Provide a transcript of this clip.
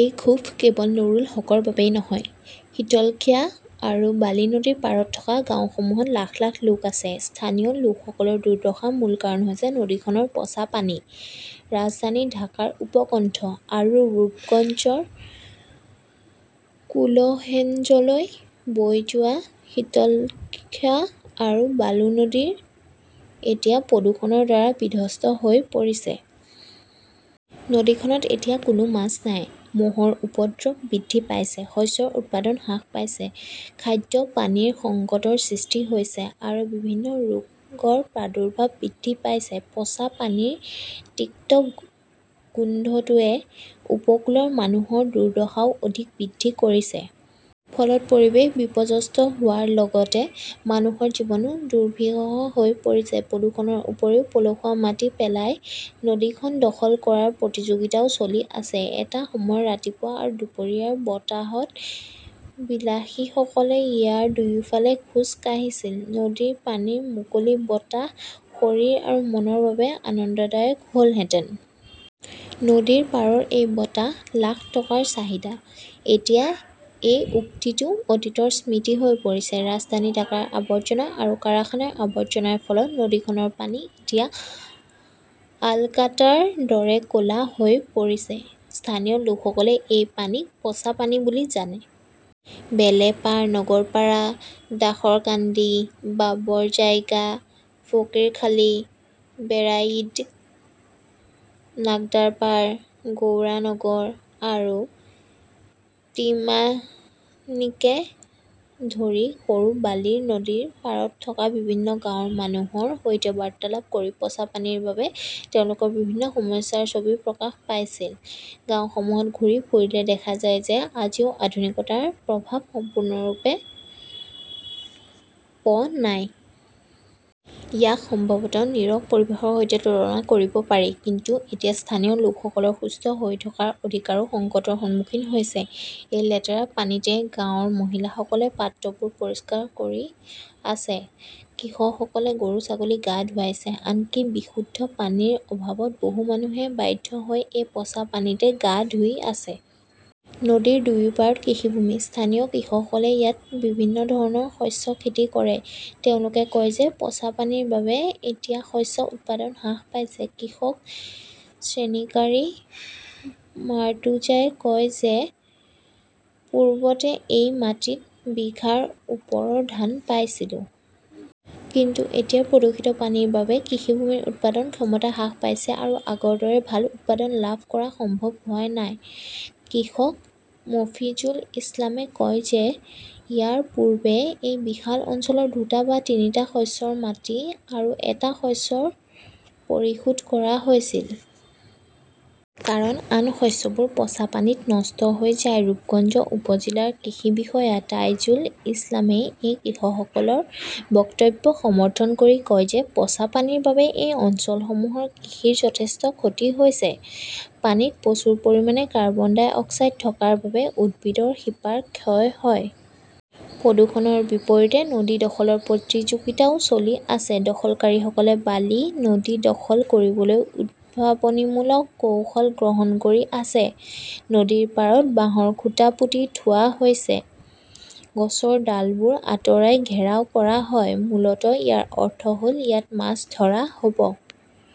এই ক্ষোভ কেৱল নুৰুল হকৰ বাবেই নহয়। শীতলক্ষ্যা আৰু বালি নদীৰ পাৰত থকা গাঁওসমূহত লাখ লাখ লোক আছে। স্থানীয় লোকসকলৰ দুৰ্দশাৰ মূল কাৰণ হৈছে নদীখনৰ পচা পানী। ৰাজধানী ঢাকাৰ উপকণ্ঠ আৰু ৰূপগঞ্জৰ কোলহেঞ্জলৈ বৈ যোৱা শীতলক্ষ্যা আৰু বালু নদী এতিয়া প্ৰদূষণৰ দ্বাৰা বিধ্বস্ত হৈ পৰিছে। নদীখনত এতিয়া কোনো মাছ নাই। মহৰ উপদ্ৰৱ বৃদ্ধি পাইছে। শস্যৰ উৎপাদন হ্ৰাস পাইছে। খাদ্য পানীৰ সংকটৰ সৃষ্টি হৈছে আৰু বিভিন্ন ৰোগৰ প্ৰাদুৰ্ভাৱ বৃদ্ধি পাইছে। পচা পানীৰ তিক্ত গোন্ধটোৱে উপকূলৰ মানুহৰ দুৰ্দশাও অধিক বৃদ্ধি কৰিছে। ফলত পৰিৱেশ বিপৰ্যস্ত হোৱাৰ লগতে মানুহৰ জীৱনো দুৰ্বিষহ হৈ পৰিছে। প্ৰদূষণৰ উপৰিও পলসুৱা মাটি পেলাই নদীখন দখল কৰাৰ প্ৰতিযোগিতাও চলি আছে। এটা সময়ত ৰাতিপুৱা আৰু দুপৰীয়াৰ বতাহত বিলাসীসকলে ইয়াৰ দুয়োফালে খোজ কাঢ়িছিল। নদীৰ পানী মুকলি বতাহ শৰীৰ আৰু মনৰ বাবে আনন্দদায়ক হ'লহেঁতেন। নদীৰ পাৰৰ সেই বতাহ লাখ টকাৰ চাহিদা। এতিয়া এই উক্তিটো অতীতৰ স্মৃতি হৈ পৰিছে। ৰাজধানী ঢাকাৰ আৱৰ্জনা আৰু কাৰখানাৰ আৱৰ্জনাৰ ফলত নদীখনৰ পানী এতিয়া আলকাট্ৰাৰ দৰে ক'লা হৈ পৰিছে। স্থানীয় লোকসকলে এই পানীক পচা পানী বুলি জানে। বেলেপাৰ, নগৰপাৰা, দাসৰকান্দি, বাবৰজাইগা, ফকীৰখালী, বেৰাইড, নাগদাৰপাৰ, গৌড়া নগৰ আৰু ত্ৰিমাহনীকে ধৰি সৰু বালিৰ নদীৰ পাৰত থকা বিভিন্ন গাঁৱৰ মানুহৰ সৈতে বাৰ্তালাপ কৰি পচা পানীৰ বাবে তেওঁলোকৰ বিভিন্ন সমস্যাৰ ছবি প্ৰকাশ পাইছিল। গাওঁসমূহত ঘূৰি ফুৰিলে দেখা যায় যে আজিও আধুনিকতাৰ প্ৰভাৱ সম্পূৰ্ণৰূপে প নাই। ইয়াক সম্ভৱতঃ নিৰীহ পৰিৱেশৰ সৈতে তুলনা কৰিব পাৰি। কিন্তু এতিয়া স্থানীয় লোকসকলৰ সুস্থ হৈ থকাৰ অধিকাৰো সংকটৰ সন্মুখীন হৈছে। এই লেতেৰা পানীতে গাঁৱৰ মহিলাসকলে পাত্ৰবোৰ পৰিষ্কাৰ কৰি আছে। কৃষকসকলে গৰু-ছাগলী গা ধুৱাইছে। আনকি বিশুদ্ধ পানীৰ অভাৱত বহু মানুহে বাধ্য হৈ এই পচা পানীতে গা ধুই আছে। নদীৰ দুয়ো পাৰত কৃষিভূমি। স্থানীয় কৃষকসকলে ইয়াত বিভিন্ন ধৰণৰ শস্য খেতি কৰে। তেওঁলোকে কয় যে পচা পানীৰ বাবে এতিয়া শস্যৰ উৎপাদন হ্ৰাস পাইছে। কৃষক শ্ৰেণীকাৰী মাৰ্টুজাই কয় যে পূৰ্বতে মই মাটিত বিঘাৰ ওপৰৰ ধান পাইছিলো। কিন্তু এতিয়া প্ৰদূষিত পানীৰ বাবে কৃষিভূমিৰ উৎপাদন ক্ষমতা হ্ৰাস পাইছে আৰু আগৰ দৰে ভাল উৎপাদন লাভ কৰা সম্ভৱ হোৱা নাই। কৃষক মফিজুল ইছলামে কয় যে ইয়াৰ পূৰ্বে এই বিশাল অঞ্চলৰ দুটা বা তিনিটা শস্যৰ মাটি আৰু এটা শস্য পৰিশোধ কৰা হৈছিল। কাৰণ আন শস্যবোৰ পচা পানীত নষ্ট হৈ যায়। ৰূপগঞ্জ উপ-জিলা কৃষি বিষয়া তাইজুল ইছলামই কৃষকসকলৰ বক্তব্য সমৰ্থন কৰি কয় যে পচা পানীৰ বাবে এই অঞ্চলসমূহৰ কৃষিৰ যথেষ্ট ক্ষতি হৈছে। পানীত প্ৰচুৰ পৰিমাণে কাৰ্বন ডাই অক্সাইড থকাৰ বাবে উদ্ভিদৰ শিপাৰ ক্ষয় হয়। প্ৰদূষণৰ বিপৰীতে নদী দখলৰ প্ৰতিযোগিতাও চলি আছে। দখলকাৰীসকলে বালি নদী দখল কৰিবলৈ উদ্ভাৱনীমূলক কৌশল গ্ৰহণ কৰি আছে। নদীৰ পাৰত বাঁহৰ খুঁটা পুতি থোৱা হৈছে। গছৰ ডালবোৰ আঁতৰাই ঘেৰাও কৰা হয়। মূলতঃ ইয়াৰ অৰ্থ হ'ল ইয়াত মাছ ধৰা হ'ব।